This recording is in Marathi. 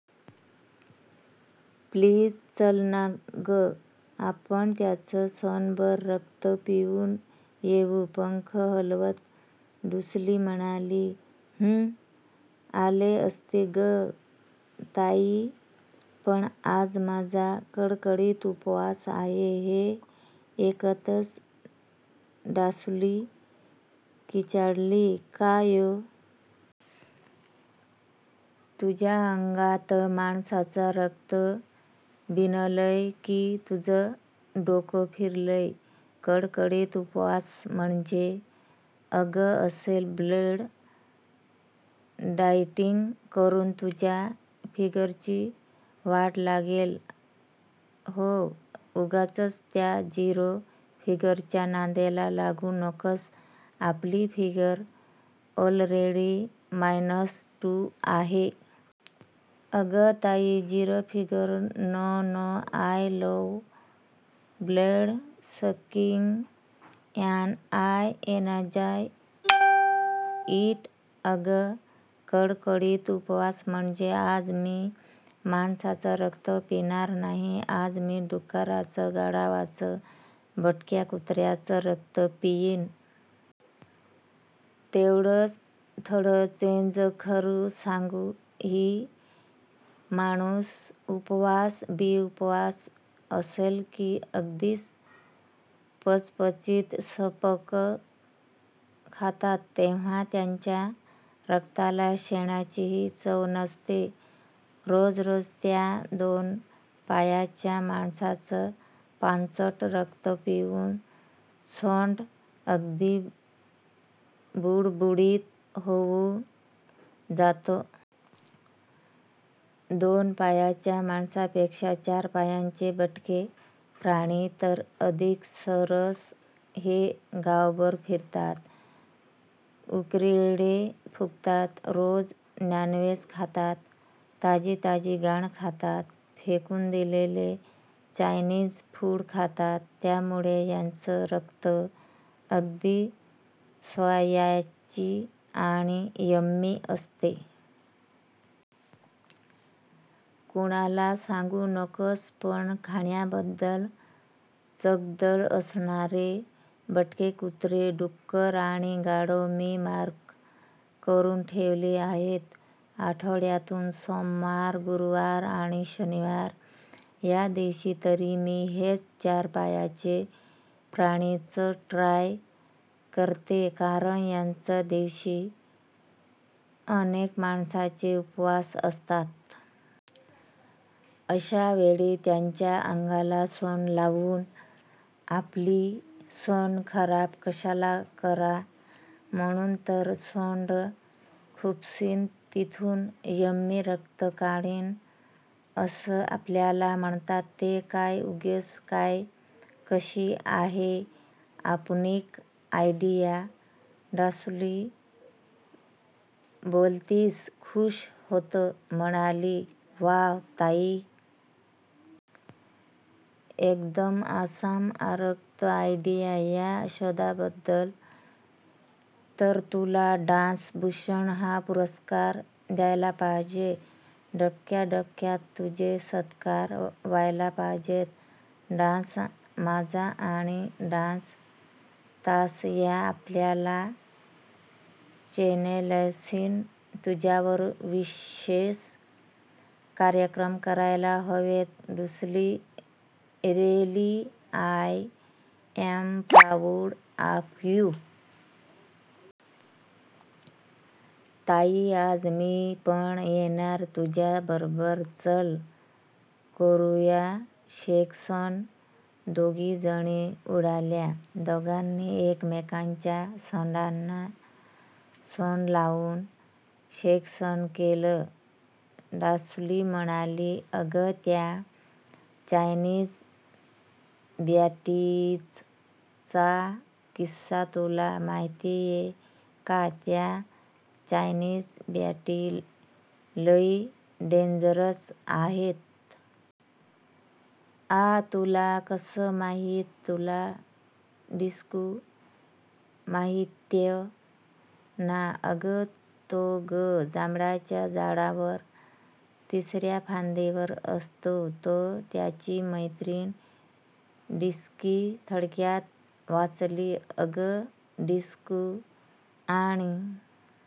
प्लीज चल ना गं.. आपण त्याचं सोंडभर रक्त पिऊन येऊ. " पंख हलवत डुसुली म्हणाली, "हूं.. आले असते गं ताई, पण आज माझा कडकडीत उपवास आहे. " हे ऐकताच डासुली किंचाळली, "का.. य? तुझ्या अंगात माणसाचं रक्त भिनलंय की तुझं डोकं फिरलंय? कडकडीत उपवास म्हणजे..? अगं असलं 'ब्लड डाएटींग' करून तुझ्या फिगरची वाट लागेल हं. उगाचच त्या 'झिरो फिगर'च्या नादाला लागू नकोस. आपली फिगर ऑलरेडी मायनस टू आहे. " "अगं ताई, 'zero figure' no.. no! I love blood sucking and I enjoy it! अगं कडकडीत उपवास म्हणजे, आज मी माणसाचं रक्त पिणार नाही. आज मी डुकराचं, गाढवाचं, भटक्या कुत्र्याचं रक्त पिईन. तेव्हढाच थोडा चेंज. खरं सांगू, ही माणसं उपवास बिपवास असला की अगदीच पचपचीत, सपक खातात. तेव्हा त्यांच्या रक्ताला शेणाचीही चव नसते. रोज रोज त्या दोन पायांच्या माणसांचं पांचट रक्त पिऊन सोंड अगदी बुळबुळीत होऊन जाते. दोन पायांच्या माणसांपेक्षा चार पायांचे भटके प्राणी तर अधिक सरस. हे गावभर फिरतात. उकिरडे फुंकतात. रोज नॉनव्हेज खातात. ताजी ताजी घाण खातात. फेकून दिलेलं चायनीज फूड खातात. त्यामुळे यांचं रक्त अगदी स्पायसी आणि यम्मी असतं. कुणाला सांगू नकोस.. पण खाण्याबद्दल चोखंदळ असणारे भटके कुत्रे, डुकरं आणि गाढवं मी मार्क करून ठेवली आहेत. आठवड्यातून सोमवार, गुरुवार आणि शनिवार या दिवशी तरी मी हेच चार पायांचे प्राणीच ट्राय करते. कारण याच दिवशी अनेक माणसांचे उपवास असतात. अशावेळी त्यांच्या अंगाला सोंड लावून, आपली सोंड खराब कशाला करा. म्हणून तर 'सोंड खुपसीन तिथून यम्मी रक्त काढीन' असं आपल्यात म्हणतात ते काय उगीच? काय कशी आहे आपुनकी आयडिया? " डासुली भलतीच खूश होत म्हणाली, "वॉव ताई! एकदम ऑसम ऑरक्त आयडिया!! या शोधाबद्दल तर तुला 'डास भूषण' हा पुरस्कारच द्यायला पाहिजे. डबक्याडबक्यांत तुझे सत्कार व्हायला पाहिजेत. 'डास माझा' आणि 'डास तास' या आपल्या चॅनेल्सनी तुझ्यावर विशेष कार्यक्रम करायला हवेत. डुसुली, really I am proud of you! ताई, आज मी पण येणार तुझ्याबरोबर. चल करुया शेकसोंड. " दोघी जणी उडाल्या. दोघींनी एकमेकांच्या सोंडांना सोंड लावून शेकसोंड केलं. डासुली म्हणाली, "अगं त्या चायनीज बॅटींचा किस्सा तुला माहित्यै का? त्या चायनीज बॅटी लई डेंजरस आहेत. " "आँ? तुला कसं माहीत? " "तुला डिसकू माहित्यै ना? अगं तो गं.. जांभळाच्या झाडावर तिसर्या फांदीवर असतो तो. त्याची मैत्रीण डिसकी थोडक्यात वाचली. " "अगं डिसकू आणि